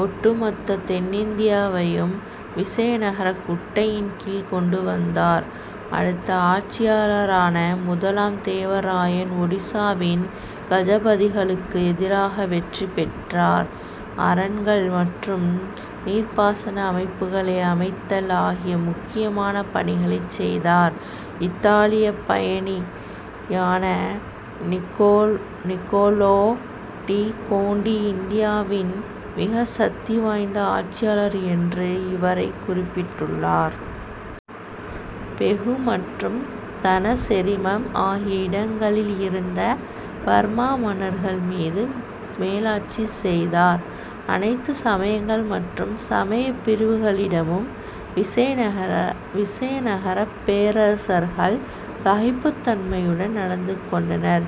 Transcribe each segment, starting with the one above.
ஒட்டு மொத்த தென்னிந்தியாவையும் விசயநகரக் குடையின் கீழ் கொண்டு வந்தார். அடுத்த ஆட்சியாளரான முதலாம் தேவ ராயன் ஒடிசாவின் கஜபதிகளுக்கு எதிராக வெற்றி பெற்றார். அரண்கள் மற்றும் நீர்ப்பாசன அமைப்புகளை அமைத்தல் ஆகிய முக்கியமான பணிகளைச் செய்தார். இத்தாலியப் பயணியான நிக்கோலோ டி கோண்டி இந்தியாவின் மிக சக்தி வாய்ந்த ஆட்சியாளர் என்று இவரைக் குறிப்பிட்டுள்ளார். பெகு மற்றும் தனசெரிம் ஆகிய இடங்களில் இருந்த பர்மா மன்னர்கள் மீது மேலாட்சி செய்தார். அனைத்து சமயங்கள் மற்றும் சமயப் பிரிவுகளிடமும் விசயநகரப் பேரரசர்கள் சகிப்புத் தன்மையுடன் நடந்து கொண்டனர்.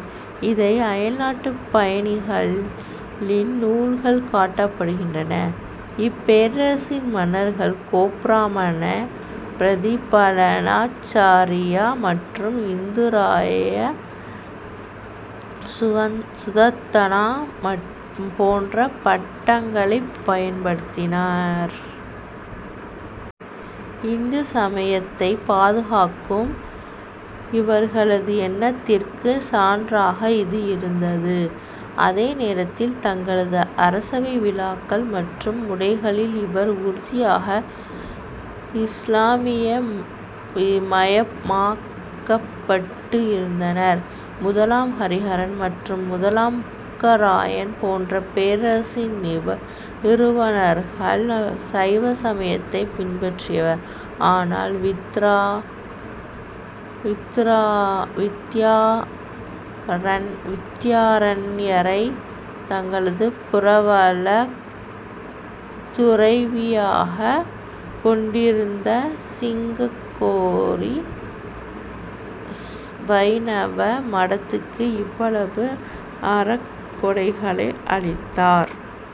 இதை அயல்நாட்டுப் பயணிகளின் நூல்கள் காட்டுகின்றன. இப்பேரரசின் மன்னர்கள் கோப்ராமண பிரதிபலனாச்சார்யா மற்றும் இந்துராயசுரத்ரனா போன்ற பட்டங்களைப் பயன்படுத்தினர். இந்து சமயத்தைப் பாதுகாக்கும் இவர்களது எண்ணத்திற்கு சான்றாக இது இருந்த்து. அதே நேரத்தில், தங்களது அரசவை விழாக்கள் மற்றும் உடைகளில் இவர்கள் உறுதியாக இசுலாமியமயமாக்கப்பட்டு இருந்தனர். முதலாம் ஹரிஹரன் மற்றும் முதலாம் புக்கா ராயன் போன்ற பேரரசின் நிறுவனர்கள் சைவ சமயத்தைப் பின்பற்றினர். ஆனால், வித்யாரண்யரைத் தங்களது புரவலத் துறவியாகக் கொண்டிருந்த சிருங்கேரி வைணவ மடத்துக்கு இவர்கள் அறக்கொடைகளை அளித்தனர்.